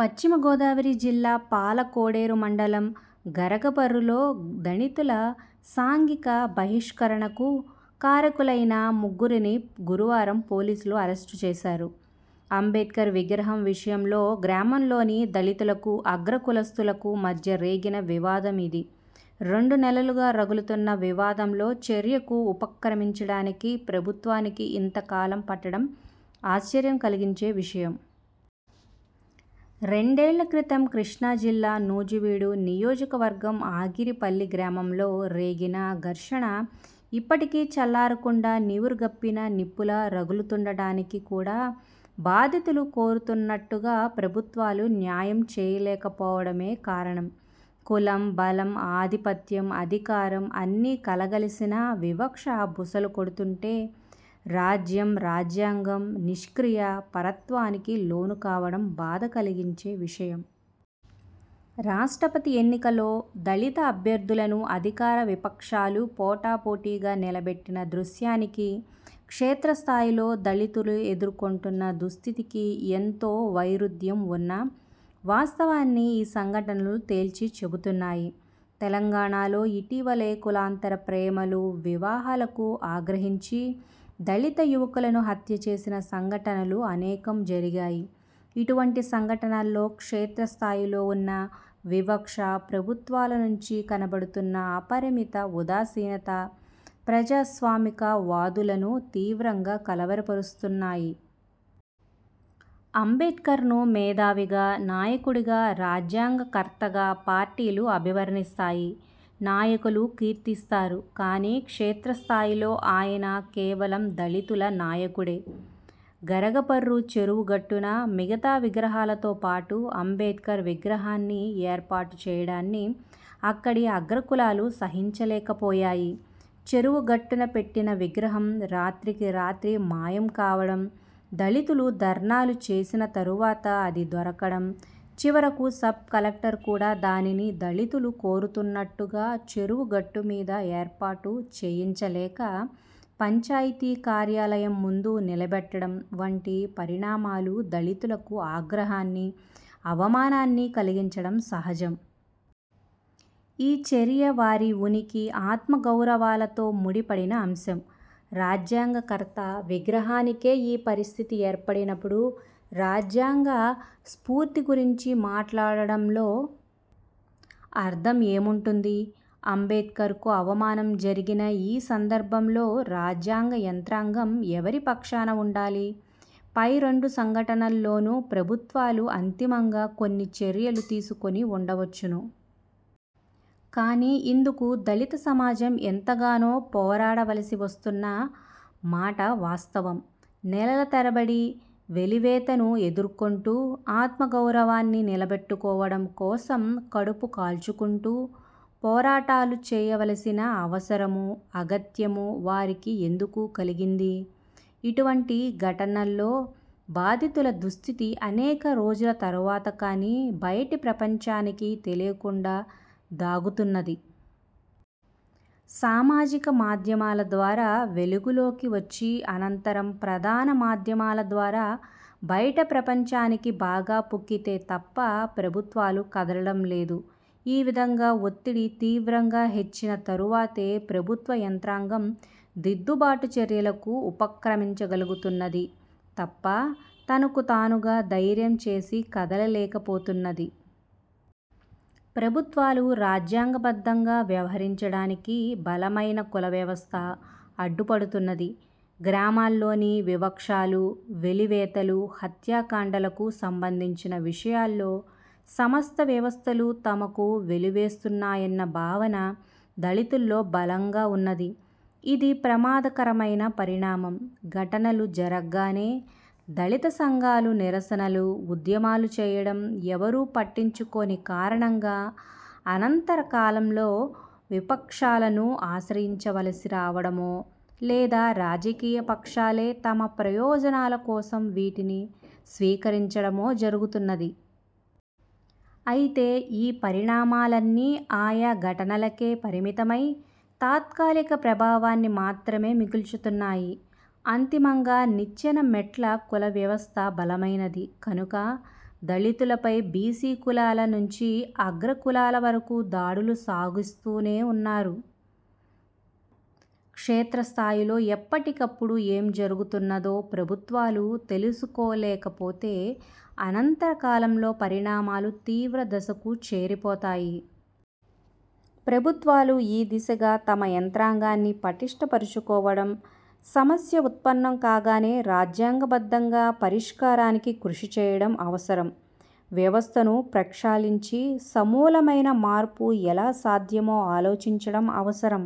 పశ్చిమ గోదావరి జిల్లా పాలకోడేరు మండలం గరగపర్రులో దళితుల సాంఘిక బహిష్కరణకు కారకులైన ముగ్గురిని గురువారం పోలీసులు అరెస్టుచేశారు. అంబేడ్కర్ విగ్రహం విషయంలో గ్రామంలోని దళితులకూ, అగ్రకులస్థులకు మధ్య రేగిన వివాదం ఇది. రెండు నెలలుగా రగులుతున్న వివాదంలో చర్యకు ఉపక్రమించడానికి ప్రభుత్వానికి ఇంతకాలం పట్టడం ఆశ్చర్యం కలిగించే విషయం. రెండేళ్ళ క్రితం కృష్ణాజిల్లా నూజివీడు నియోజకవర్గం ఆగిరిపల్లి గ్రామంలో రేగిన ఘర్షణ ఇప్పటికీ చల్లారకుండా నివురుగప్పిన నిప్పులా రగులుతూండటానికి కూడా బాధితులు కోరుతున్నట్టుగా ప్రభుత్వాలు న్యాయం చేయలేక పోవడమే కారణం. కులం, బలం, ఆధిపత్యం, అధికారం అన్నీ కలగలసిన వివక్ష బుసలు కొడుతుంటే రాజ్యం, రాజ్యాంగం నిష్క్రియా పరత్వానికి లోను కావడం బాధ కలిగించే విషయం. రాష్ట్రపతి ఎన్నికలో దళిత అభ్యర్థులను అధికార విపక్షాలు పోటాపోటీగా నిలబెట్టిన దృశ్యానికీ, క్షేత్రస్థాయిలో దళితులు ఎదుర్కొంటున్న దుస్థితికీ ఎంతో వైరుధ్యం ఉన్న వాస్తవాన్ని ఈ సంఘటనలు తేల్చిచెబుతున్నాయి. తెలంగాణలో ఇటీవలే కులాంతర ప్రేమలు, వివాహాలకు ఆగ్రహించి దళిత యువకులను హత్యచేసిన సంఘటనలు అనేకం జరిగాయి. ఇటువంటి సంఘటనల్లో క్షేత్రస్థాయిలో ఉన్న వివక్ష, ప్రభుత్వాల నుంచి కనబడుతున్న అపరిమిత ఉదాసీనత ప్రజాస్వామిక వాదులను తీవ్రంగా కలవరపరుస్తున్నాయి. అంబేడ్కర్ను మేధావిగా, నాయకుడిగా, రాజ్యాంగ కర్తగా పార్టీలు అభివర్ణిస్తాయి, నాయకులు కీర్తిస్తారు. కానీ, క్షేత్రస్థాయిలో ఆయన కేవలం దళితుల నాయకుడే. గరగపర్రు చెరువు గట్టున మిగతా విగ్రహాలతో పాటు అంబేడ్కర్ విగ్రహాన్ని ఏర్పాటు చేయడాన్ని అక్కడి అగ్ర కులాలు సహించలేక పోయాయి. చెరువు గట్టున పెట్టిన విగ్రహం రాత్రికి రాత్రి మాయం కావడం, దళితులు ధర్నాలు చేసిన తరువాత అది దొరకడం, చివరకు సబ్ కలెక్టర్ కూడా దానిని దళితులు కోరుతున్నట్టుగా చెరువుగట్టు మీద ఏర్పాటు చేయించలేక, పంచాయితీ కార్యాలయం ముందు నిలబెట్టడం వంటి పరిణామాలు దళితులకు ఆగ్రహాన్ని, అవమానాన్ని కలిగించడం సహజం. ఈ చర్య వారి ఉనికి, ఆత్మగౌరవాలతో ముడిపడిన అంశం. రాజ్యాంగకర్త విగ్రహానికే ఈ పరిస్థితి ఏర్పడినప్పుడు రాజ్యాగ స్ఫూర్తి గురించి మాట్లాడటంలో అర్థం ఏముంటుంది? అంబేడ్కర్కు అవమానం జరిగిన ఈ సందర్భంలో రాజ్యాంగ యంత్రాంగం ఎవరిపక్షాన ఉండాలి? పై రెండు ఘటనల్లోనూ ప్రభుత్వాలు అంతిమంగా కొన్ని చర్యలు తీసుకొని వుండవచ్చును. కానీ, ఇందుకు దళితసమాజం ఎంతగానో పోరాడవలసి వస్తున్న మాట వాస్తవం. నెలల తరబడి వెలివేతను ఎదుర్కొంటూ ఆత్మగౌరవాన్ని నిలబెట్టుకోవడం కోసం కడుపు కాల్చుకుంటూ పోరాటాలు చేయవలసిన అవసరమూ, అగత్యమూ వారికి ఎందుకు కలిగింది? ఇటువంటి ఘటనల్లో బాధితుల దుస్థితి అనేక రోజుల తరువాత కానీ బయటి ప్రపంచానికి తెలియకుండా దాగుతున్నది. సామాజిక మాధ్యమాల ద్వారా వెలుగులోకి వచ్చి, అనంతరం ప్రధాన మాధ్యమాల ద్వారా బయట ప్రపంచానికి బాగా పొక్కితే తప్ప ప్రభుత్వాలు కదలడం లేదు. ఈ విధంగా ఒత్తిడి తీవ్రంగా హెచ్చిన తరువాతే ప్రభుత్వ యంత్రాంగం దిద్దుబాటు చర్యలకు ఉపక్రమించగలుగుతున్నది తప్ప తనకు తానుగా ధైర్యం చేసి కదలలేక పోతున్నది. ప్రభుత్వాలు రాజ్యాంగ బద్ధంగా వ్యహరించడానికి బలమైన కుల వ్యవస్థ అడ్డు పడుతున్నది. గ్రామాల్లోని వివక్షలు, వెలివేతలు, హత్యాకాండలకు సంబంధించిన విషయాల్లో సమస్త వ్యవస్థలూ తమను వెలివేస్తున్నాయన్న భావన దళితుల్లో బలంగా ఉన్నది. ఇది ప్రమాదకరమైన పరిణామం. ఘటనలు జరగ్గానే దళిత సంఘాలు నిరసనలు, ఉద్యమాలు చేయడం, ఎవరూ పట్టించుకోని కారణంగా అనంతరకాలంలో విపక్షాలను ఆశ్రయించవలసి రావడమో, లేదా రాజకీయపక్షాలే తమ ప్రయోజనాల కోసం వీటిని స్వీకరించడమో జరుగుతున్నది. అయితే, ఈ పరిణామాలన్నీ ఆయా ఘటనలకే పరిమితమై, తాత్కాలిక ప్రభావాన్ని మాత్రమే మిగల్చుతున్నాయి. అంతిమంగా నిచ్చెన మెట్ల కులవ్యవస్థ బలమైనది కనుక దళితులపై బీసీ కులాల నుంచి అగ్ర కులాల వరకూ దాడులు సాగిస్తూనే ఉన్నారు. క్షేత్రస్థాయిలో ఎప్పటికప్పుడు ఏం జరుగుతున్నదో ప్రభుత్వాలు తెలుసుకోలేకపోతే అనంతర కాలంలో పరిణామాలు తీవ్ర దశకు చేరిపోతాయి. ప్రభుత్వాలు ఈ దిశగా తమ యంత్రాంగాన్ని పటిష్ఠ పరచుకోవడం, సమస్య ఉత్పన్నం కాగానే రాజ్యాంగ బద్ధంగా పరిష్కారానికి కృషిచేయడం అవసరం. వ్యవస్థను ప్రక్షాళించి సమూలమైన మార్పు ఎలా సాధ్యమో ఆలోచించడం అవసరం.